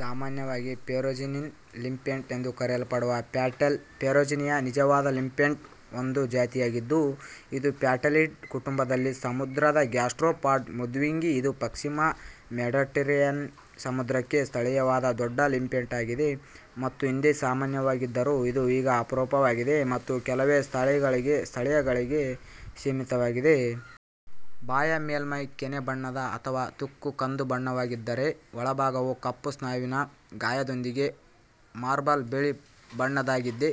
ಸಾಮಾನ್ಯವಾಗಿ ferruginous limpet ಎಂದು ಕರೆಯಲ್ಪಡುವ ಪ್ಯಾಟೆಲ್ಲಾ ಫೆರುಜಿನಿಯಾ ನಿಜವಾದ ಲಿಂಪೆಟ್ನ ಒಂದು ಜಾತಿಯಾಗಿದ್ದು, ಇದು ಪ್ಯಾಟೆಲ್ಲಿಡೆ ಕುಟುಂಬದಲ್ಲಿ ಸಮುದ್ರದ ಗ್ಯಾಸ್ಟ್ರೋಪಾಡ್ ಮೃದ್ವಂಗಿ. ಇದು ಪಶ್ಚಿಮ ಮೆಡಿಟರೇನಿಯನ್ ಸಮುದ್ರಕ್ಕೆ ಸ್ಥಳೀಯವಾದ ದೊಡ್ಡ ಲಿಂಪೆಟ್ ಆಗಿದೆ, ಮತ್ತು ಹಿಂದೆ ಸಾಮಾನ್ಯವಾಗಿದ್ದರೂ, ಇದು ಈಗ ಅಪರೂಪವಾಗಿದೆ ಮತ್ತು ಕೆಲವೇ ಸ್ಥಳಗಳಿಗೆ ಸೀಮಿತವಾಗಿದೆ. ಬಾಹ್ಯ ಮೇಲ್ಮೈ ಕೆನೆ ಬಣ್ಣದ ಅಥವಾ ತುಕ್ಕು ಕಂದು ಬಣ್ಣದ್ದಾಗಿದ್ದರೆ, ಒಳಭಾಗವು ಕಪ್ಪು ಸ್ನಾಯುವಿನ ಗಾಯದೊಂದಿಗೆ ಮಾರ್ಬಲ್ ಬಿಳಿ ಬಣ್ಣದ್ದಾಗಿದೆ.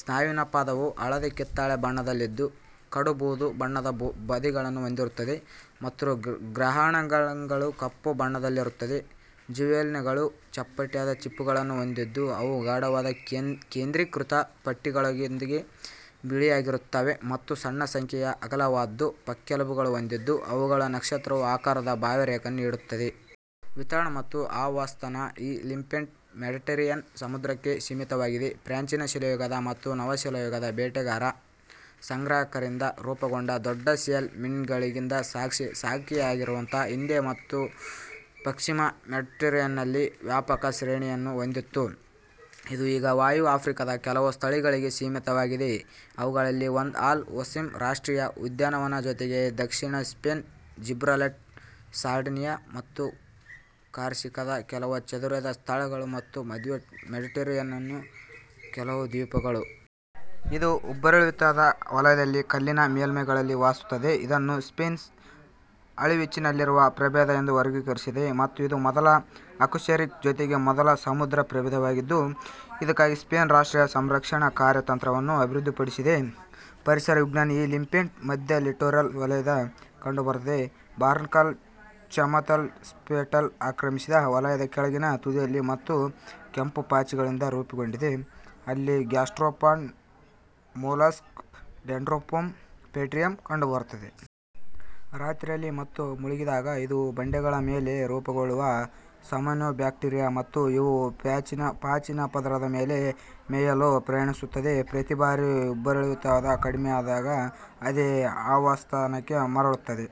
ಸ್ನಾಯುವಿನ ಪಾದವು ಹಳದಿ-ಕಿತ್ತಳೆ ಬಣ್ಣದಲ್ಲಿದ್ದು, ಕಡು ಬೂದು ಬಣ್ಣದ ಬದಿಗಳನ್ನು ಹೊಂದಿರುತ್ತದೆ ಮತ್ತು ಗ್ರಹಣಾಂಗಗಳು ಕಪ್ಪು ಬಣ್ಣದಲ್ಲಿರುತ್ತವೆ. ಜುವೆನೈಲ್ಗಳು ಚಪ್ಪಟೆಯಾದ ಚಿಪ್ಪುಗಳನ್ನು ಹೊಂದಿದ್ದು, ಅವು ಗಾಢವಾದ ಕೇಂದ್ರೀಕೃತ ಪಟ್ಟಿಗಳೊಂದಿಗೆ ಬಿಳಿಯಾಗಿರುತ್ತವೆ ಮತ್ತು ಸಣ್ಣ ಸಂಖ್ಯೆಯ ಅಗಲವಾದ ಪಕ್ಕೆಲುಬುಗಳನ್ನು ಹೊಂದಿದ್ದು, ಅವುಗಳಿಗೆ ನಕ್ಷತ್ರದ ಆಕಾರದ ಬಾಹ್ಯರೇಖೆಗಳನ್ನು ನೀಡುತ್ತವೆ. ವಿತರಣೆ ಮತ್ತು ಆವಾಸಸ್ಥಾನ ಈ ಲಿಂಪೆಟ್ ಮೆಡಿಟರೇನಿಯನ್ ಸಮುದ್ರಕ್ಕೆ ಸೀಮಿತವಾಗಿದೆ. ಪ್ರಾಚೀನ ಶಿಲಾಯುಗದ ಮತ್ತು ನವಶಿಲಾಯುಗದ ಬೇಟೆಗಾರ ಸಂಗ್ರಹಕಾರರಿಂದ ರೂಪುಗೊಂಡ ದೊಡ್ಡ ಶೆಲ್ ಮಿಡನ್ಗಳಿಂದ ಸಾಕ್ಷಿಯಾಗಿರುವಂತೆ, ಹಿಂದೆ ಇದು ಪಶ್ಚಿಮ ಮೆಡಿಟರೇನಿಯನ್ನಲ್ಲಿ ವ್ಯಾಪಕ ಶ್ರೇಣಿಯನ್ನು ಹೊಂದಿತ್ತು. ಇದು ಈಗ ವಾಯುವ್ಯ ಆಫ್ರಿಕಾದ ಕೆಲವು ಸ್ಥಳಗಳಿಗೆ ಸೀಮಿತವಾಗಿದೆ, ಅವುಗಳಲ್ಲಿ ಒಂದು ಅಲ್ ಹೊಸಿಮಾ ರಾಷ್ಟ್ರೀಯ ಉದ್ಯಾನವನ, ಜೊತೆಗೆ ದಕ್ಷಿಣ ಸ್ಪೇನ್, ಜಿಬ್ರಾಲ್ಟರ್, ಸಾರ್ಡಿನಿಯಾ ಮತ್ತು ಕಾರ್ಸಿಕಾದ ಕೆಲವು ಚದುರಿದ ಸ್ಥಳಗಳು ಮತ್ತು ಮಧ್ಯ ಮೆಡಿಟರೇನಿಯನ್ನ ಕೆಲವು ದ್ವೀಪಗಳು. ಇದು ಉಬ್ಬರವಿಳಿತದ ವಲಯದಲ್ಲಿನ ಕಲ್ಲಿನ ಮೇಲ್ಮೈಗಳಲ್ಲಿ ವಾಸಿಸುತ್ತದೆ. ಇದನ್ನು ಸ್ಪೇನ್ "ಅಳಿವಿನಂಚಿನಲ್ಲಿರುವ ಪ್ರಭೇದ" ಎಂದು ವರ್ಗೀಕರಿಸಿದೆ ಮತ್ತು ಇದು ಮೊದಲ ಅಕಶೇರುಕ, ಜೊತೆಗೆ ಮೊದಲ ಸಮುದ್ರ ಪ್ರಭೇದವಾಗಿದೆ, ಇದಕ್ಕಾಗಿ ಸ್ಪೇನ್ ರಾಷ್ಟ್ರೀಯ ಸಂರಕ್ಷಣಾ ಕಾರ್ಯತಂತ್ರವನ್ನು ಅಭಿವೃದ್ಧಿಪಡಿಸಿದೆ. ಪರಿಸರ ವಿಜ್ಞಾನ ಈ ಲಿಂಪೆಟ್ ಮಧ್ಯ-ಲಿಟ್ಟೋರಲ್ ವಲಯದಲ್ಲಿ ಕಂಡುಬರುತ್ತದೆ, ಬಾರ್ನಾಕಲ್ ಚ್ಥಮಾಲಸ್ ಸ್ಟೆಲ್ಲಟಸ್ ಆಕ್ರಮಿಸಿದ ವಲಯದ ಕೆಳಗಿನ ತುದಿಯಲ್ಲಿ ಮತ್ತು ಕೆಂಪು ಪಾಚಿಗಳಿಂದ ರೂಪುಗೊಂಡಿದೆ, ಅಲ್ಲಿ ಗ್ಯಾಸ್ಟ್ರೋಪಾಡ್ ಮೊಲಸ್ಕ್ ಡೆಂಡ್ರೊಪೊಮಾ ಪೆಟ್ರಿಯಮ್ ಕಂಡುಬರುತ್ತದೆ. ರಾತ್ರಿಯಲ್ಲಿ ಮತ್ತು ಮುಳುಗಿದಾಗ, ಇದು ಬಂಡೆಗಳ ಮೇಲೆ ರೂಪುಗೊಳ್ಳುವ ಸಯನೋಬ್ಯಾಕ್ಟೀರಿಯಾ ಮತ್ತು ಯುವ ಪಾಚಿಗಳ ಪದರದ ಮೇಲೆ ಮೇಯಲು ಪ್ರಯಾಣಿಸುತ್ತದೆ, ಪ್ರತಿ ಬಾರಿ ಉಬ್ಬರವಿಳಿತವು ಕಡಿಮೆಯಾದಾಗ ಅದೇ ಆವಾಸಸ್ಥಾನಕ್ಕೆ ಮರಳುತ್ತದೆ.